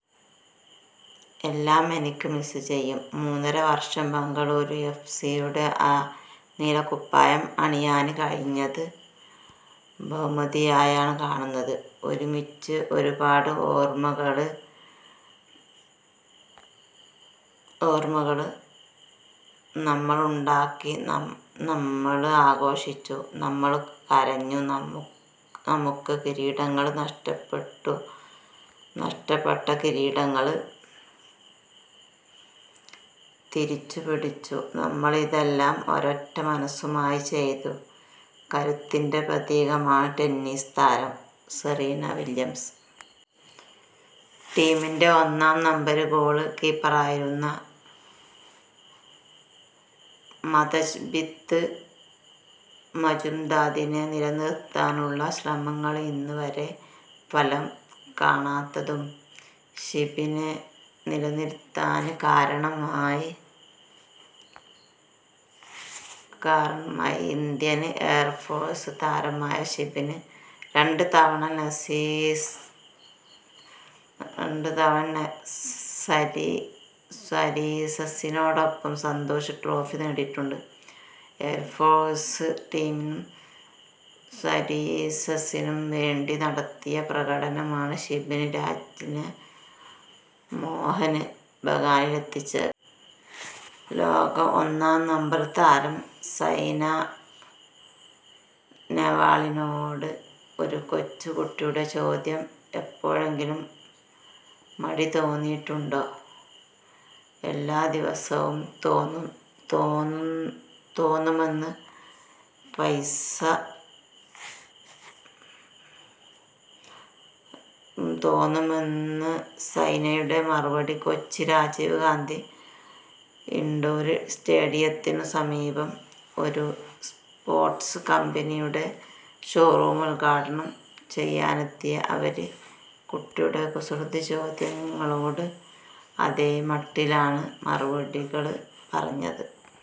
എല്ലാം എനിക്ക് മിസ്സ് ചെയ്യും. മൂന്നര വര്ഷം ബെംഗളൂരു എഫ്. സിയുടെ ആ നീലക്കുപ്പായം അണിയാന് കഴിഞ്ഞത് ബഹുമതിയായാണ് കാണുന്നത്. ഒരുമിച്ച് ഒരുപാട് ഓര്മ്മകള് നമ്മളുണ്ടാക്കി, നമ്മള് ആഘോഷിച്ചു, നമ്മള് കരഞ്ഞു, നമുക്ക് കിരീടങ്ങള് നഷ്ടപ്പെട്ടു, നഷ്ടപ്പെട്ട കിരീടങ്ങള് തിരിച്ചുപിടിച്ചു. നമ്മള് ഇതെല്ലാം ഒരൊറ്റ മനസ്സുമായി ചെയ്തു. കരുത്തിന്റെ പ്രതീകമാണ് ടെന്നീസ് താരം സെറീന വില്യംസ്. ടീമിന്റെ ഒന്നാം നമ്പര് ഗോള് കീപ്പറായിരുന്ന ദേബ്ജിത്ത് മജുംദാറിനെ നിലനിര്ത്താനുള്ള ശ്രമങ്ങള് ഇത് വരെ ഫലം കാണാത്തതും ഷിബിനെ നിലനിര്ത്താന് കാരണമായി. ഇന്ത്യന് എയര്ഫോഴ്സ് താരമായ ഷിബിന് രണ്ട് തവണ സര്വീസസിനോടൊപ്പം സന്തോഷ് ട്രോഫി നേടിയിട്ടുണ്ട്. എയര് ഫോഴ്സ് ടീമിനും, സര്വീസസിനും വേണ്ടി നടത്തിയ പ്രകടനമാണ് ഷിബിന് രാജിനെ മോഹന് ബഗാനിലെത്തിച്ചത്. ലോക ഒന്നാം നമ്പര് താരം സൈന നേവാളിനോട് ഒരു കൊച്ചുകുട്ടിയുടെ ചോദ്യം. എപ്പോഴെങ്കിലും മടി തോന്നിയിട്ടുണ്ടോ. എല്ലാ ദിവസവും തോന്നുമെന്ന് സൈനയുടെ മറുപടി. കൊച്ചി രാജീവ് ഗാന്ധി ഇന്ഡോര് സ്റ്റേഡിയത്തിനു സമീപം ഒരു സ്പോര്ട്സ് കമ്പനിയുടെ ഷോറൂം ഉദ്ഘാടനം ചെയ്യാനെത്തിയ അവര് കുട്ടികളുടെ കുസൃതിച്ചോദ്യങ്ങളോട് അതേമട്ടിലാണ് മറുപടികള് പറഞ്ഞത്.